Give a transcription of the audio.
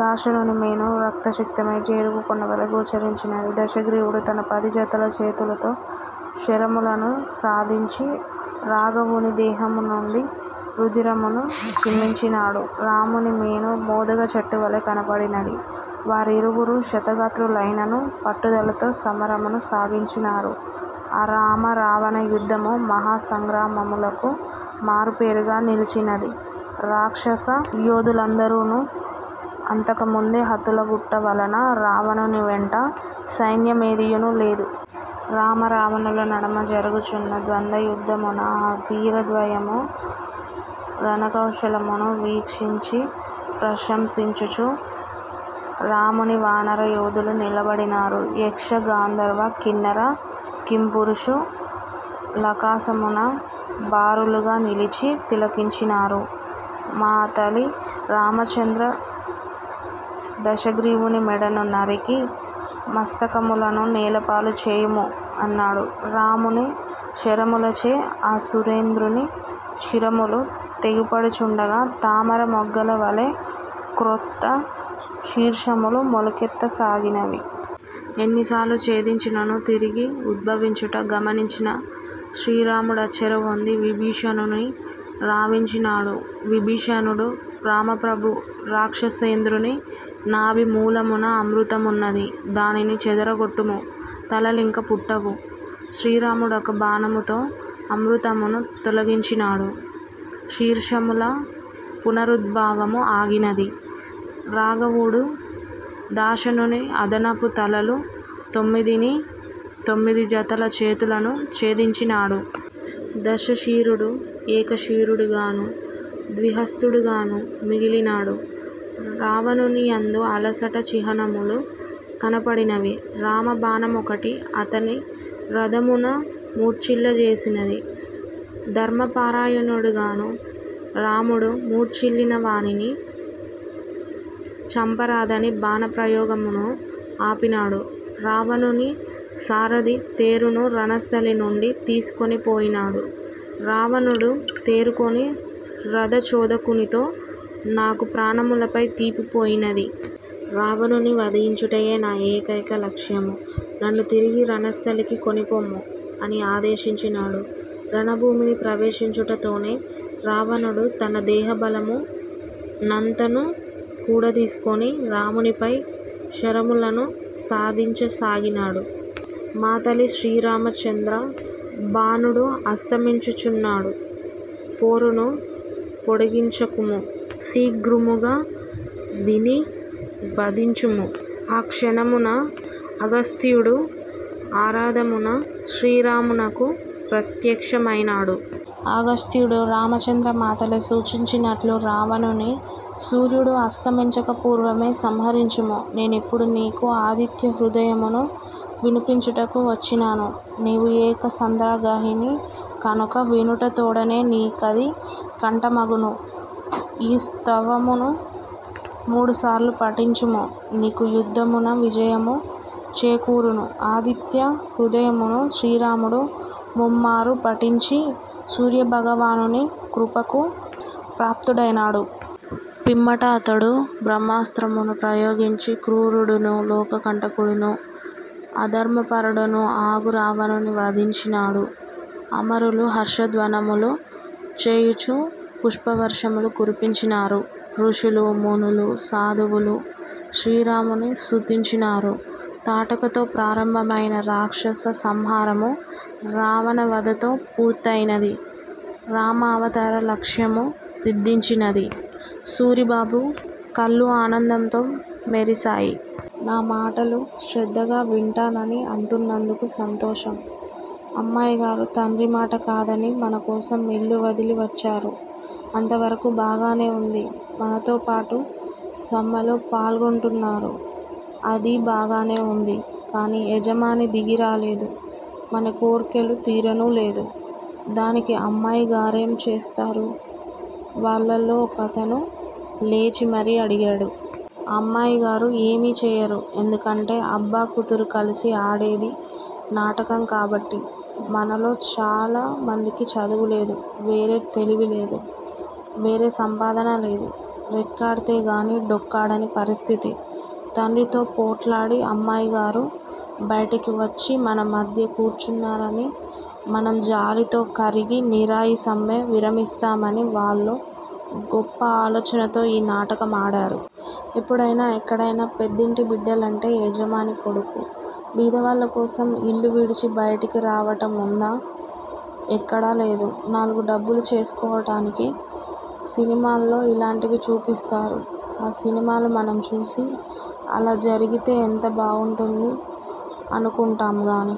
దశాననుని మేను రక్తసిక్తమై జేగురు కొండవలె గోచరించినది. దశగ్రీవుడు తన పది జతల చేతులతో శరములను సంధించి రాఘవుని దేహము నుండి రుధిరమును చిమ్మించినాడు. రాముని మేను మోదుగచెట్టు వలె కనుపడినది. వారిరువురు క్షతగాత్రులైనను పట్టుదలతో సమరమును సాగించినారు. ఆ రామ రావణ యుద్ధము మహాసంగ్రామములకు మారుపేరుగా నిలిచినది రాక్షస యోధులందరును, అంతకుముందె హతులగుట వలన రావణుని వెంట సైన్యమేదియును లేదు. రామ రావణుల నడుమ జరుగుచున్న ద్వంద యుద్ధమున ఆ వీరద్వయము రణకౌశలమును వీక్షించి ప్రశంసించుచు రాముని వానర యోధులు నిలబడినారు. యక్ష గంధర్వ కిన్నర కింపురుషు లాకసమున బారులుగ నిలిచి తిలకించినారు. మాతలి రామచంద్రా దశగ్రీవుని మెడలను నఱికి మస్తకములను నేలపాలు చేయుము అన్నాడు. శ్రీరాముని శరములచే అసురేంద్రుని శిరములు తెగిపడుచుండగా తామర మొగ్గల వలె క్రొత్త శీర్షములు మొలకెత్తసాగినవి! ఎన్నిసార్లు ఛేదించినను తిరిగి ఉద్భవించుట గమనించి శ్రీరాముడచ్చెరువొంది విభీషణుని రావించినాడు. విభీషణుడు రామప్రభూ రాక్షసేంద్రుని నాభి మూలమున అమృతమున్నది. దానిని చెదరగొట్టుము తలలింక పుట్టవు. శ్రీరాముడొక బాణముతో అమృతమును తొలగించినాడు. శీర్షముల పునరుద్భవము ఆగినది. రాఘవుడు దశాననుని అదనపు తలలు తొమ్మిదినీ, తొమ్మిది జతల చేతులనూ ఛేదించినాడు. దశ శిరుడు ఏకశిరుడుగను ద్విహస్తుడుగను మిగిలినాడు. రావణుని యందు అలసట చిహ్నములు కనుపడినవి. రామ బాణమొకటి అతని రథమున మూర్చిల్ల జేసినది. ధర్మపరాయణుడగు రాముడు మూర్చిల్లిన వానిని చంపరాదని బాణ ప్రయోగమును ఆపినాడు. రావణుని సారథి తేరును రణస్థలి నుండి తీసికొని పోయినాడు. రావణుడు తేరుకొని రథ చోదకునితో నకు ప్రానములపై తీపి పోయినది. రాముని వధించుటయె నా యేకైక లక్ష్యము. నన్ను తిరిగి రణస్థలికి కొనిపొమ్ము అని ఆదేశించినాడు. రణభూమిని ప్రవేశించుటతోనె రావణుడు తన దేహబలము నంతను కూడదీసికొని రామునిపై శరములణు సంధించసాగినాడు. మాతలి శ్రీరామచంద్రా భానుడు అస్తమించుచున్నాడు. పోరును పొడిగించకుము. శీఘ్రముగ వీని వధించుము. ఆ క్షణమున అగస్త్యుడు అరదమున శ్రీరామునకు ప్రత్యక్షమైనాడు. అగస్త్యుడు: రామచంద్రా మాతలి సూచించినట్లు రావణుని సూర్యుడు అస్తమించక పూర్వమే సంహరించుము నేనిప్పుడు నీకు 'ఆదిత్య హృదయము'ను వినిపించుటకు వచ్చినాను. నీవు ఏకసంథాగ్రాహిని కనుక వినుట తోడనె నీకది కంఠమగును. ఈ స్తవమును మూడుసార్లు పఠించుము. నీకు యుద్ధమున విజయము చేకూరును. ఆదిత్య హృదయముణు శ్రీరాముడు ముమ్మాఱు పఠించి సూర్యభగవానుని కృపకు పాత్రుడైనాడు. పిమ్మట అతడు బ్రహ్మాస్త్రమును ప్రయోగించి క్రూరుడుణు లోకకంటకుడును అధర్మపరుడును అగు రావణుని వధించినాడు. అమరులు హర్షధ్వానములు చేయుచు పుష్పవర్షము కురిపించినారు. ఋషులూ, మునులూ, సాధువులూ శ్రీరాముని స్తుతించినారు. తాటకతో ప్రారంభమైన రాక్షస సంహారము రావణ వధతో పూర్తియైనది. రామావతార లక్ష్యము సిద్ధించినది. సూరిబాబు కళ్ళు ఆనందంతో మెరిసాయి. నా మాటలు శ్రద్ధగా వింటానని అంటున్నందుకు సంతోషం. అమ్మాయిగారు తండ్రిమాట కాదని మనకోసం ఇల్లు వదలి వచ్చారు అంతవరకు బాగానే వుంది. మనతోపాటు సమ్మెలో పాల్గొంటున్నారు అదీ బాగానే వుంది. కాని యజమాని దిగిరాలేదు మన కోర్కెలు తీరనూలేదు దానికి అమ్మాయిగారేం చేస్తారు? వాళ్ళల్లో ఒకతను లేచి మరీ అడిగాడు. అమ్మాయిగారు ఏమీ చేయరు. ఎందుకంటే అబ్బ కూతురు కలిసి ఆడేది నాటకం కాబట్టి మనలో చాలా మందికి చదువులేదు. వేరే తెలివిలేదు. వేరే సంపాదన లేదు. రెక్కాడితేగాని డొక్కాడని పరిస్థితి తండ్రితో పోట్లాడి అమ్మాయిగారు బయటికి వచ్చి మనమధ్య కూర్చున్నారని మనం జాలితో కరిగి నీరయి సమ్మె విరమిస్తామని వాళ్ళో గొప్ప ఆలోచనతో ఈ నాటకం ఆడారు. ఎప్పుడయినా ఎక్కడయినా పెద్దింటి బిడ్డలంటే యజమాని కొడుకు బీదవాళ్ళకోసం ఇల్లు విడిచి బయటికి రావటం వుందా! ఎక్కడా లేదు. నాలుగు డబ్బులు చేసుకోటానికి సినిమాల్లో ఇలాంటివి చూపిస్తారు. ఆ సినిమాలు మనం చూసి అలా జరిగితే ఎంత బాగుంటుంది! అనుకుంటాం గాని